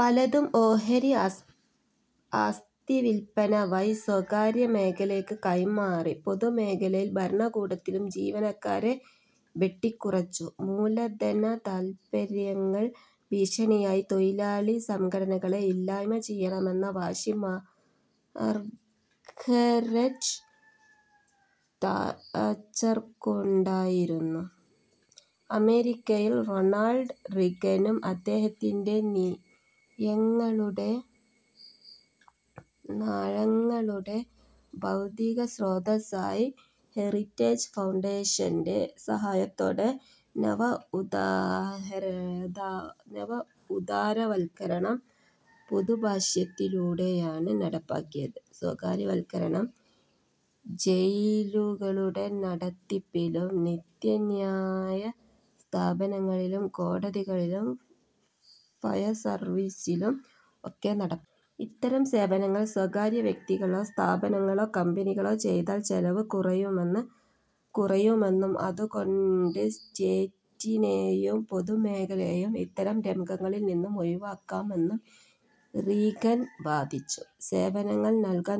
പലതും ഓഹരി ആസ്തിവില്പന വഴി സ്വകാര്യമേഖലയ്ക്ക് കൈമാറി. പൊതുമേഖലയിലും ഭരണകൂടത്തിലും ജീവനക്കാരെ വെട്ടിക്കുറച്ചു. മൂലധനതാത്പര്യങ്ങൾക്ക് ഭീഷണിയായ തൊഴിലാളി സംഘടനകളെ ഇല്ലായ്മ ചെയ്യണമെന്ന വാശി മാർഗരറ്റ് താച്ചർക്കുണ്ടായിരുന്നു. അമേരിക്കയിൽ റൊണാൾഡ് റീഗനും അദ്ദേഹത്തിന്റെ നയങ്ങളുടെ ബൗദ്ധികസ്രോതസ്സായിരുന്ന ഹെറിറ്റേജ് ഫൗണ്ടേഷന്റെ സഹായത്തോടെ നവ ഉദാരവത്കരണം പുതുഭാഷ്യത്തിലൂടെയാണ് നടപ്പാക്കിയത്. സ്വകാര്യവത്കരണം ജയിലുകളുടെ നടത്തിപ്പിലും നീതിന്യായസ്ഥാപനങ്ങളിലും കോടതികളിലും ഫയർസർവീസിലും ഒക്കെ നടപ്പാക്കി. ഇത്തരം സേവനങ്ങൾ സ്വകാര്യവ്യക്തികളോ സ്ഥാപനങ്ങളോ കമ്പനികളോ ചെയ്താൽ ചെലവ് കുറയുമെന്നും അതുകൊണ്ട് സ്റ്റേറ്റിനെയും പൊതുമേഖലയെയും ഇത്തരം രംഗങ്ങളിൽനിന്നും ഒഴിവാക്കാമെന്നും റീഗൻ വാദിച്ചു. സേവനങ്ങൾ നൽകാൻ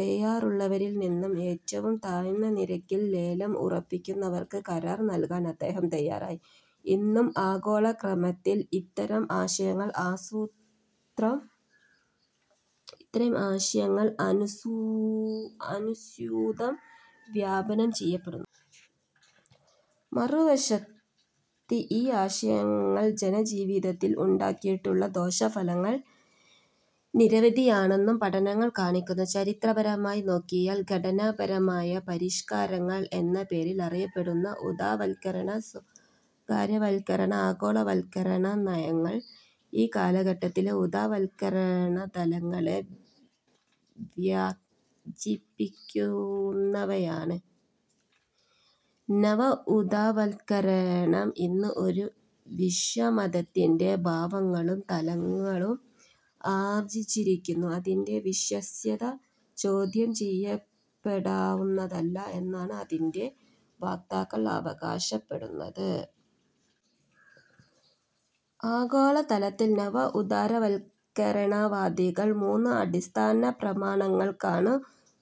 തയ്യാറുള്ളവരിൽനിന്നും ഏറ്റവും താഴ്ന്ന നിരക്കിൽ ലേലം ഉറപ്പിക്കുന്നവർക്ക് കരാർ നൽകാൻ അദ്ദേഹം തയ്യാറായി. ഇന്നും ആഗോളക്രമത്തിൽ ഇത്തരം ആശയങ്ങൾ അനുസ്യൂതം വ്യാപനം ചെയ്യപ്പെടുന്നുണ്ട്. മറുവശത്ത് ഈ ആശയങ്ങൾ ജനജീവിതത്തിൽ ഉണ്ടാക്കിയിട്ടുള്ള ദോഷഫലങ്ങൾ നിരവധിയാണെന്നും പഠനങ്ങൾ കാണിക്കുന്നു. ചരിത്രപരമായി നോക്കിയാൽ ഘടനാപരമായ പരിഷ്കാരങ്ങൾ എന്ന പേരിൽ അറിയപ്പെടുന്ന ഉദാരവത്കരണ, സ്വകാര്യവത്കരണ, ആഗോളവത്കരണനയങ്ങൾ ഈ കാലഘട്ടത്തിലെ ഉദാരവത്കരണതലങ്ങളെ വ്യഞ്ജിപ്പിക്കുന്നവയാണ്. നവഉദാരവത്കരണം ഇന്ന് ഒരു വിശ്വമതത്തിന്റെ ഭാവങ്ങളും തലങ്ങളും ആർജിച്ചിരിക്കുന്നു. അതിന്റെ വിശ്വാസ്യത ചോദ്യം ചെയ്യപ്പെടാവുന്നതല്ല എന്നാണ് അതിന്റെ വക്താക്കൾ അവകാശപ്പെടുന്നത്. ആഗോളതലത്തിൽ നവ ഉദാരവത്കരണവാദികൾ മൂന്ന് അടിസ്ഥാനപ്രമാണങ്ങൾക്കാണ്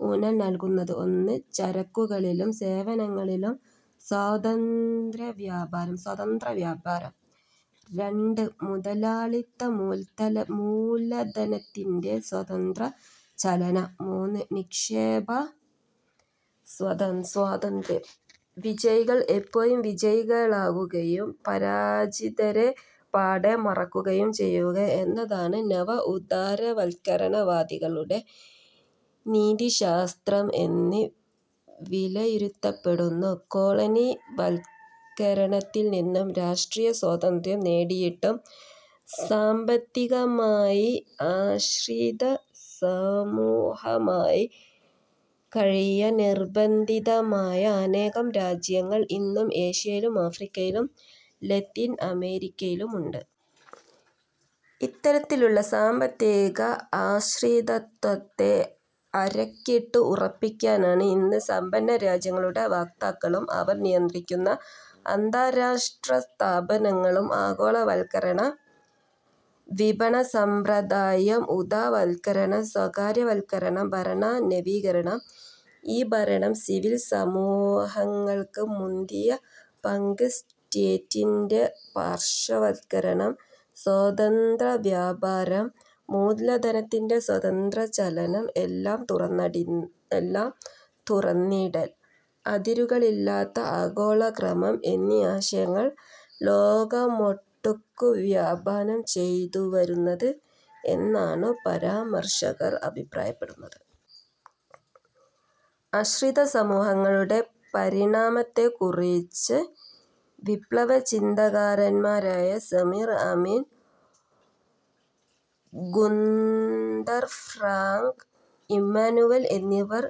ഊന്നൽ നൽകുന്നത്. ഒന്ന്, ചരക്കുകളിലും സേവനങ്ങളിലും സ്വതന്ത്രവ്യാപാരം. രണ്ട്, മുതലാളിത്തമൂലധനത്തിന്റെ സ്വതന്ത്രചലനം. മൂന്ന്, നിക്ഷേപസ്വാതന്ത്ര്യം. വിജയികൾ എപ്പോഴും വിജയികളാകുകയും പരാജിതരെ പാടെ മറക്കുകയും ചെയ്യുക എന്നുള്ളതാണ് നവ ഉദാരവത്കരണവാദികളുടെ നീതിശാസ്ത്രം എന്ന് വിലയിരുത്തപ്പെടുന്നു. കോളനിവത്കരണത്തിൽനിന്നും രാഷ്ട്രീയസ്വാതന്ത്ര്യം നേടിയിട്ടും സാമ്പത്തികമായി ആശ്രിതസമൂഹമായി കഴിയാൻ നിർബന്ധിതമായ അനേകം രാജ്യങ്ങൾ ഇന്നും ഏഷ്യയിലും ആഫ്രിക്കയിലും ലത്തീൻ അമേരിക്കയിലുമുണ്ട്. ഇത്തരത്തിലുള്ള സാമ്പത്തിക ആശ്രിതത്വത്തെ അരക്കിട്ട് ഉറപ്പിക്കാനാണ് ഇന്ന് സമ്പന്ന രാജ്യങ്ങളുടെ വക്താക്കളും അവർ നിയന്ത്രിക്കുന്ന അന്താരാഷ്ട്രസ്ഥാപനങ്ങളും ആഗോളവത്കരണം, വിപണിസമ്പ്രദായം, ഉദാരവത്കരണം, സ്വകാര്യവത്കരണം, ഭരണനവീകരണം, ഈ-ഭരണം, സിവിൽ സമൂഹങ്ങൾക്ക് മുന്തിയ പങ്ക്, സ്റ്റേറ്റിന്റെ പാർശ്വവത്കരണം, സ്വതന്ത്രവ്യാപാരം, മൂലധനത്തിന്റെ സ്വതന്ത്രചലനം, എല്ലാം തുറന്നിടൽ, അതിരുകളില്ലാത്ത ആഗോളക്രമം എന്നീ ആശയങ്ങൾ ലോകമൊട്ടുക്കു വ്യാപനം ചെയ്തുവരുന്നത് എന്നാണു വിമർശകർ അഭിപ്രായപ്പെടുന്നത്. ആശ്രിതസമൂഹങ്ങളുടെ പരിണാമത്തെക്കുറിച്ച് വിപ്ലവചിന്തകന്മാരായ Samir Amin, Gunder Frank, Immanuel എന്നിവർ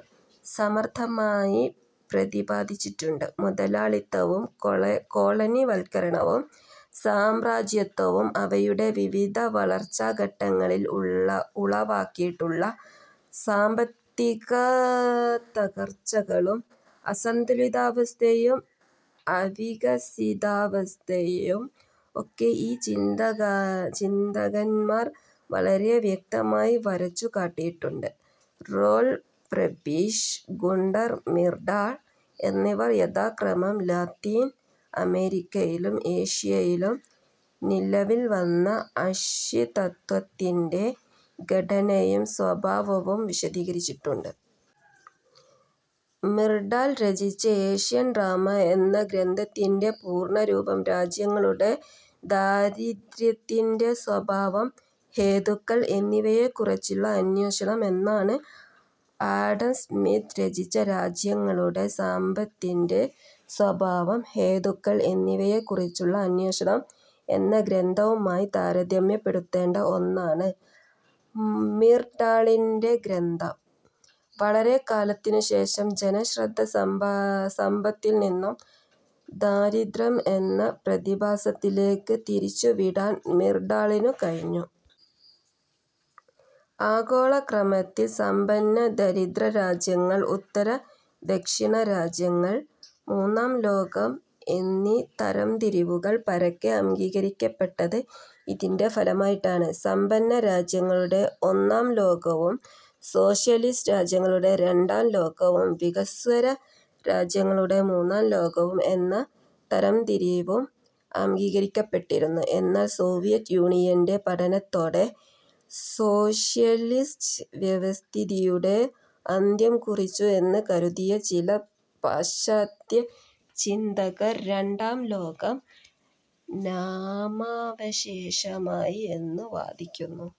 സമർഥമായി പ്രതിപാദിച്ചിട്ടുണ്ട്. മുതലാളിത്തവും, കോളനിവത്കരണവും, സാമ്രാജ്യത്വവും അവയുടെ വിവിധ വളർച്ചാഘട്ടങ്ങളിൽ ഉളവാക്കിയിട്ടുള്ള സാമ്പത്തികത്തകർച്ചകളും അസന്തുലിതാവസ്ഥയും അവികസിതാവസ്ഥയും ഒക്കെ ഈ ചിന്തകന്മാർ വളരെ വ്യക്തമായി വരച്ചുകാട്ടിയിട്ടുണ്ട്. റോൽ പ്രെബിഷ്, ഗുണ്ടർ മിർഡാൽ എന്നിവർ യഥാക്രമം ലത്തീൻ അമേരിക്കയിലും ഏഷ്യയിലും നിലവിൽവന്ന ആശ്രിതത്വത്തിന്റെ ഘടനയും സ്വഭാവവും വിശദീകരിച്ചിട്ടുണ്ട്. മിർഡാൽ രചിച്ച ഏഷ്യൻ ഡ്രാമ എന്ന ഗ്രന്ഥത്തിന്റെ പൂർണരൂപം 'രാജ്യങ്ങളുടെ ദാരിദ്യ്രത്തിന്റെ സ്വഭാവം, ഹേതുക്കൾ എന്നിവയെക്കുറിച്ചുള്ള അന്വേഷണം' എന്നാണ്. ആഡം സ്മിത്ത് രചിച്ച 'രാജ്യങ്ങളുടെ സമ്പത്തിന്റെ സ്വഭാവം, ഹേതുക്കൾ എന്നിവയെക്കുറിച്ചുള്ള അന്വേഷണം' എന്ന ഗ്രന്ഥവുമായി താരതമ്യപ്പെടുത്തേണ്ട ഒന്നാണ് മിർഡാളിന്റെ ഗ്രന്ഥം. വളരെക്കാലത്തിനുശേഷം ജനശ്രദ്ധ സമ്പത്തിൽനിന്നും ദാരിദ്യ്രം എന്ന പ്രതിഭാസത്തിലേക്കു തിരിച്ചുവിടാൻ മിർഡാളിനു കഴിഞ്ഞു. ആഗോളക്രമത്തിൽ സമ്പന്ന-ദരിദ്രരാജ്യങ്ങൾ, ഉത്തര-ദക്ഷിണരാജ്യങ്ങൾ, മൂന്നാംലോകം എന്നീ തരംതിരിവുകൾ പരക്കെ അംഗീകരിക്കപ്പെട്ടത് ഇതിന്റെ ഫലമായിട്ടാണ്. സമ്പന്നരാജ്യങ്ങളുടെ ഒന്നാംലോകവും, സോഷ്യലിസ്റ്റ് രാജ്യങ്ങളുടെ രണ്ടാംലോകവും, വികസ്വരരാജ്യങ്ങളുടെ മൂന്നാംലോകവും എന്ന തരംതിരിവും അംഗീകരിക്കപ്പെട്ടിരുന്നു. എന്നാൽസോവിയറ്റ് യൂണിയന്റെ പതനത്തോടെ, സോഷ്യലിസ്റ്റ് വ്യവസ്ഥിതിയുടെ അന്ത്യം കുറിച്ചു എന്ന് കരുതിയ ചില പാശ്ചാത്യചിന്തകർ രണ്ടാം ലോകം നാമാവശേഷമായി എന്നു വാദിക്കുന്നുണ്ട്.